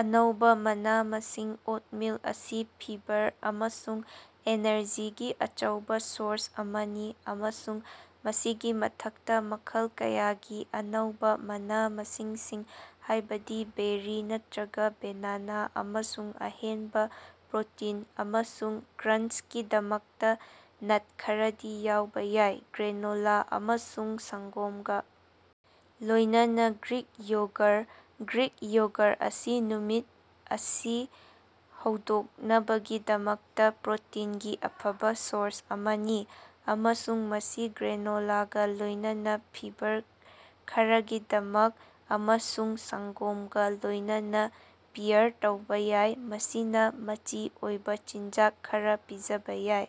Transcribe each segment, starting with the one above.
ꯑꯅꯧꯕ ꯃꯅꯥ-ꯃꯁꯤꯡ -ꯑꯣꯠꯃꯤꯜ ꯑꯁꯤ ꯐꯤꯕꯔ ꯑꯃꯁꯨꯡ ꯑꯦꯅꯔꯖꯤꯒꯤ ꯑꯆꯧꯕ ꯁꯣꯔꯁ ꯑꯃꯅꯤ, ꯑꯃꯁꯨꯡ ꯃꯁꯤꯒꯤ ꯃꯊꯛꯇ ꯃꯈꯜ ꯀꯌꯥꯒꯤ ꯑꯅꯧꯕ ꯃꯅꯥ-ꯃꯁꯤꯡꯁꯤꯡ ꯍꯥꯏꯕꯗꯤ ꯕꯦꯔꯤ ꯅꯠꯇꯔꯒ ꯕꯦꯅꯥꯅꯥ, ꯑꯃꯁꯨꯡ ꯑꯍꯦꯟꯕ ꯄ꯭ꯔꯣꯇꯤꯟ ꯑꯃꯁꯨꯡ ꯀ꯭ꯔꯥꯟꯆꯀꯤꯗꯃꯛꯇ ꯅꯠ ꯈꯔꯗꯤ ꯌꯥꯎꯕ ꯌꯥꯏ꯫ ꯒ꯭ꯔꯦꯅꯣꯂꯥ ꯑꯃꯁꯨꯡ ꯁꯪꯒꯣꯝꯒ ꯂꯣꯏꯅꯅꯥ ꯒ꯭ꯔꯤꯛ ꯌꯣꯒꯔ - ꯒ꯭ꯔꯤꯛ ꯌꯣꯒꯔ ꯑꯁꯤ ꯅꯨꯃꯤꯠ ꯑꯁꯤ ꯍꯧꯗꯣꯛꯅꯕꯒꯤꯗꯃꯛꯇ ꯄ꯭ꯔꯣꯇꯤꯟꯒꯤ ꯑꯐꯕꯥ ꯁꯣꯔꯁ ꯑꯃꯅꯤ, ꯑꯃꯁꯨꯡ ꯃꯁꯤ ꯒ꯭ꯔꯦꯅꯣꯂꯥꯒ‌ ꯂꯣꯏꯅꯅꯥ ꯐꯤꯕꯔ ꯈꯔꯒꯤꯗꯃꯛ ꯑꯃꯁꯨꯡ ꯁꯪꯒꯣꯝꯒꯥ ꯂꯣꯏꯅꯅꯥ ꯄꯤꯌꯔ ꯇꯧꯕ ꯌꯥꯏ, ꯃꯁꯤꯅ ꯃꯆꯤ ꯑꯣꯏꯕ ꯆꯤꯟꯖꯥꯛ ꯈꯔꯥ ꯄꯤꯖꯕꯥ ꯌꯥꯏ꯫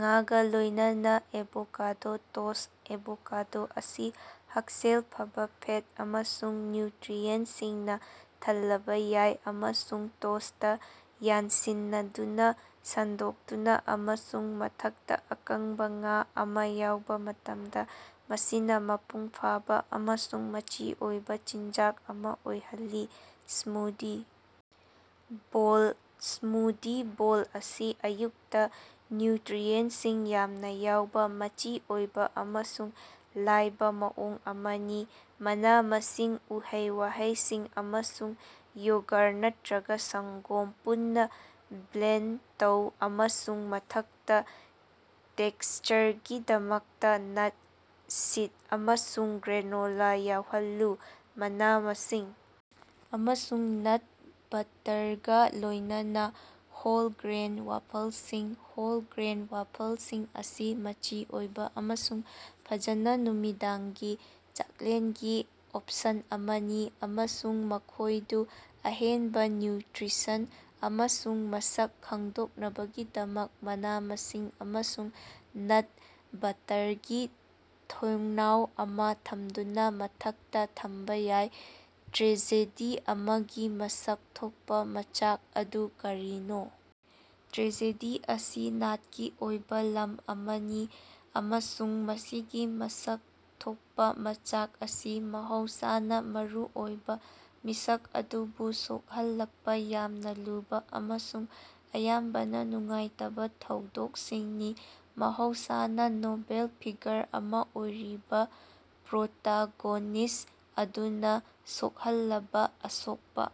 ꯉꯥꯒꯥ ꯂꯣꯏꯅꯅꯥ ꯑꯦꯚꯣꯀꯥꯗꯣ ꯇꯣꯁ꯭ꯠ -ꯑꯦꯚꯣꯀꯥꯗꯣ ꯑꯁꯤ ꯍꯛꯁꯦꯜ ꯐꯕꯥ ꯐꯦꯠ ꯑꯃꯁꯨꯡ ꯅ꯭ꯌꯨꯇꯔꯤꯑꯦꯟꯇꯁꯤꯡꯅ ꯊꯜꯂꯕꯥ ꯌꯥꯏ, ꯑꯃꯁꯨꯡ ꯇꯣꯁ꯭ꯇꯇꯥ ꯌꯥꯟꯁꯤꯟꯅꯗꯨꯅꯥ ꯁꯟꯗꯣꯛꯇꯨꯅꯥ ꯑꯃꯁꯨꯡ ꯃꯊꯛꯇꯥ ꯑꯀꯪꯕ ꯉꯥ ꯑꯃ ꯌꯥꯎꯕ ꯃꯇꯝꯗꯥ, ꯃꯁꯤꯅ ꯃꯄꯨꯡꯐꯥꯕꯥ ꯑꯃꯁꯨꯡ ꯃꯆꯤ ꯑꯣꯏꯕ ꯆꯤꯟꯖꯥꯛ ꯑꯃ ꯑꯣꯏꯍꯜꯂꯤ꯫ ꯁ꯭ꯃꯨꯗꯤ ꯕꯣꯜ - ꯁ꯭ꯃꯨꯗꯤ ꯕꯣꯜ ꯑꯁꯤ ꯑꯌꯨꯛꯇ ꯅ꯭ꯌꯨꯇꯔꯤꯑꯦꯟꯇꯁꯤꯡ ꯌꯥꯝꯅ ꯌꯥꯎꯕ ꯃꯆꯤ ꯑꯣꯏꯕ ꯑꯃꯁꯨꯡ ꯂꯥꯏꯕ ꯃꯑꯣꯡ ꯑꯃꯅꯤ꯫ ꯃꯅꯥ-ꯃꯁꯤꯡ, ꯎꯍꯩ-ꯋꯥꯍꯩꯁꯤꯡ, ꯑꯃꯁꯨꯡ ꯌꯣꯒꯔ ꯅꯠꯇꯔꯒ ꯁꯪꯒꯣꯝ ꯄꯨꯟꯅ ꯕ꯭ꯂꯦꯟꯗ ꯇꯧ, ꯑꯃꯁꯨꯡ ꯃꯊꯛꯇ ꯇꯦꯛꯁꯆꯔꯒꯤꯗꯃꯛꯇ ꯅꯠ, ꯁꯤꯗ ꯑꯃꯁꯨꯡ ꯒ꯭ꯔꯦꯅꯣꯂꯥ ꯌꯥꯎꯍꯜꯂꯨ꯫ ꯃꯅꯥ-ꯃꯁꯤꯡ ꯑꯃꯁꯨꯡ ꯅꯠ ꯕꯠꯇꯔꯒꯥ ꯂꯣꯏꯅꯅꯥ ꯍꯣꯜ ꯒ꯭ꯔꯦꯟ ꯋꯥꯐꯜꯁꯤꯡ - ꯍꯣꯜ ꯒ꯭ꯔꯦꯟ ꯋꯥꯐꯜꯁꯤꯡ ꯑꯁꯤ ꯃꯆꯤ ꯑꯣꯏꯕ ꯑꯃꯁꯨꯡ ꯐꯖꯅ ꯅꯨꯃꯤꯗꯥꯡꯒꯤ ꯆꯥꯛꯂꯦꯟꯒꯤ ꯑꯣꯞꯁꯟ ꯑꯃꯅꯤ, ꯑꯃꯁꯨꯡ ꯃꯈꯣꯏꯗꯨ ꯑꯍꯦꯟꯕ ꯅ꯭ꯌꯨꯇ꯭ꯔꯤꯁꯟ ꯑꯃꯁꯨꯡ ꯃꯁꯛ ꯈꯪꯗꯣꯛꯅꯕꯒꯤꯗꯃꯛ ꯃꯅꯥ-ꯃꯁꯤꯡ ꯑꯃꯁꯨꯡ ꯅꯠ ꯕꯠꯇꯔꯒꯤ ꯊꯣꯡꯅꯥꯎ ꯑꯃ ꯊꯝꯗꯨꯅ ꯃꯊꯛꯇ ꯊꯝꯕꯥ ꯌꯥꯏ꯫ ꯇ꯭ꯔꯦꯖꯦꯗꯤ ꯑꯃꯒꯤ ꯃꯁꯛ ꯊꯣꯛꯄ ꯃꯆꯥꯛ ꯑꯗꯨ ꯀꯔꯤꯅꯣ? ꯇ꯭ꯔꯦꯖꯦꯗꯤ ꯑꯁꯤ ꯅꯥꯠꯀꯤ ꯑꯣꯏꯕ ꯂꯝ ꯑꯃꯅꯤ ꯑꯃꯁꯨꯡ ꯃꯁꯤꯒꯤ ꯃꯁꯛ ꯊꯣꯛꯄ ꯃꯆꯥꯛ ꯑꯁꯤ ꯃꯍꯧꯁꯥꯅꯥ ꯃꯔꯨ ꯑꯣꯏꯕ ꯃꯤꯁꯛ ꯑꯗꯨꯕꯨ ꯁꯣꯛꯍꯜꯂꯛꯄ ꯌꯥꯝꯅꯥ ꯂꯨꯕ ꯑꯃꯁꯨꯡ ꯑꯌꯥꯝꯕꯅꯥ ꯅꯨꯡꯉꯥꯏꯇꯕꯥ ꯊꯧꯗꯣꯛꯁꯤꯡꯅꯤ꯫ ꯃꯍꯧꯁꯥꯅꯥ ꯅꯣꯕꯦꯜ ꯐꯤꯒꯔ ꯑꯃ ꯑꯣꯏꯔꯤꯕ ꯄ꯭ꯔꯣꯇꯥꯒꯣꯅꯤꯁ꯭ꯠ ꯑꯗꯨꯅ ꯁꯣꯛꯍꯜꯂꯕꯥ ꯑꯁꯣꯛꯄ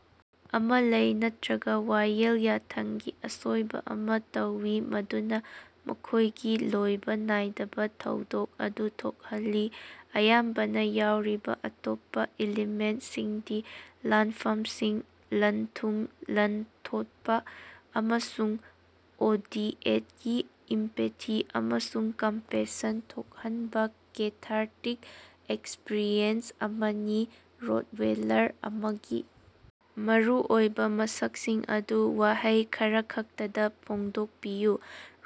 ꯑꯃ ꯂꯩ ꯅꯠꯇꯔꯒ ꯋꯥꯌꯦꯜ ꯌꯥꯊꯪꯒꯤ ꯑꯁꯣꯏꯕ ꯑꯃ ꯇꯧꯏ ꯃꯗꯨꯅ ꯃꯈꯣꯏꯒꯤ ꯂꯣꯏꯕꯥ ꯅꯥꯏꯗꯕꯥ ꯊꯧꯗꯣꯛ ꯑꯗꯨ ꯊꯣꯛꯍꯜꯂꯤ꯫ ꯑꯌꯥꯝꯕꯅꯥ ꯌꯥꯎꯔꯤꯕ ꯑꯇꯣꯞꯄ ꯏꯂꯤꯃꯦꯟꯇꯁꯤꯡꯗꯤ ꯂꯥꯟꯐꯝꯁꯤꯡ, ꯂꯟ-ꯊꯨꯝ ꯂꯥꯟꯊꯣꯠꯄꯥ, ꯑꯃꯁꯨꯡ ꯑꯣꯗꯤꯑꯣꯗꯒꯤ ꯏꯝꯄꯦꯊꯤ ꯑꯃꯁꯨꯡ ꯀꯝꯄꯦꯁꯟ ꯊꯣꯛꯍꯟꯕ ꯀꯦꯊꯥꯔꯇꯤꯛ ꯑꯦꯛꯁꯄꯔꯤꯑꯦꯟꯁ ꯑꯃꯅꯤ꯫ ꯔꯣꯠꯋꯦꯂꯔ ꯑꯃꯒꯤ ꯃꯔꯨꯑꯣꯏꯕ ꯃꯁꯛꯁꯤꯡ ꯑꯗꯨ ꯋꯥꯍꯩ ꯈꯔꯈꯛꯇꯗꯥ ꯐꯣꯡꯗꯣꯛꯄꯤꯌꯨ꯫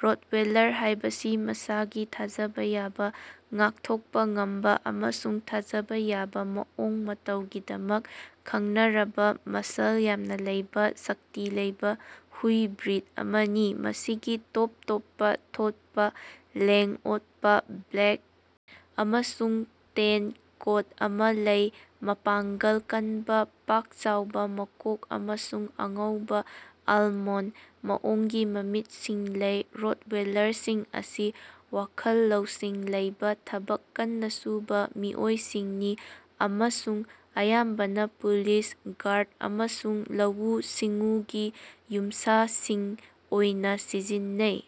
ꯔꯣꯇꯋꯦꯂꯔ ꯍꯥꯏꯕꯁꯤ ꯃꯁꯥꯒꯤ ꯊꯥꯖꯕꯥ ꯌꯥꯕ, ꯉꯥꯛꯊꯣꯛꯄ ꯉꯝꯕ ꯑꯃꯁꯨꯡ ꯊꯥꯖꯕꯥ ꯌꯥꯕ ꯃꯑꯣꯡ ꯃꯇꯧꯒꯤꯗꯃꯛ ꯈꯪꯅꯔꯕꯥ ꯃꯁꯜ ꯌꯥꯝꯅ ꯂꯩꯕ, ꯁꯛꯇꯤ ꯂꯩꯕ ꯍꯨꯏ ꯕ꯭ꯔꯤꯗ ꯑꯃꯅꯤ꯫ ꯃꯁꯤꯒꯤ ꯇꯣꯞ ꯇꯣꯞꯄ ꯊꯣꯠꯄ, ꯂꯦꯡ-ꯑꯣꯠꯄ, ꯕ꯭ꯂꯦꯛ ꯑꯃꯁꯨꯡ ꯇꯦꯟ ꯀꯣꯠ ꯑꯃ ꯂꯩ, ꯃꯄꯥꯡꯒꯜ ꯀꯟꯕꯥ, ꯄꯥꯛ-ꯆꯥꯎꯕ ꯃꯀꯣꯛ ꯑꯃꯁꯨꯡ ꯑꯉꯧꯕ, ꯑꯜꯃꯣꯟꯗ ꯃꯑꯣꯡꯒꯤ ꯃꯃꯤꯠꯁꯤꯡ ꯂꯩ꯫ ꯔꯣꯠꯋꯦꯂꯔꯁꯤꯡ ꯑꯁꯤ ꯋꯥꯈꯜ ꯂꯧꯁꯤꯡ ꯂꯩꯕ, ꯊꯕꯛ ꯀꯟꯅ ꯁꯨꯕ ꯃꯤꯑꯣꯏꯁꯤꯡꯅꯤ ꯑꯃꯁꯨꯡ ꯑꯌꯥꯝꯕꯅꯥ ꯄꯨꯂꯤꯁ, ꯒꯥꯔꯗ ꯑꯃꯁꯨꯡ ꯂꯧꯎ-ꯁꯤꯡꯎꯒꯤ ꯌꯨꯝꯁꯥꯁꯤꯡ ꯑꯣꯏꯅ ꯁꯤꯖꯤꯟꯅꯩ꯫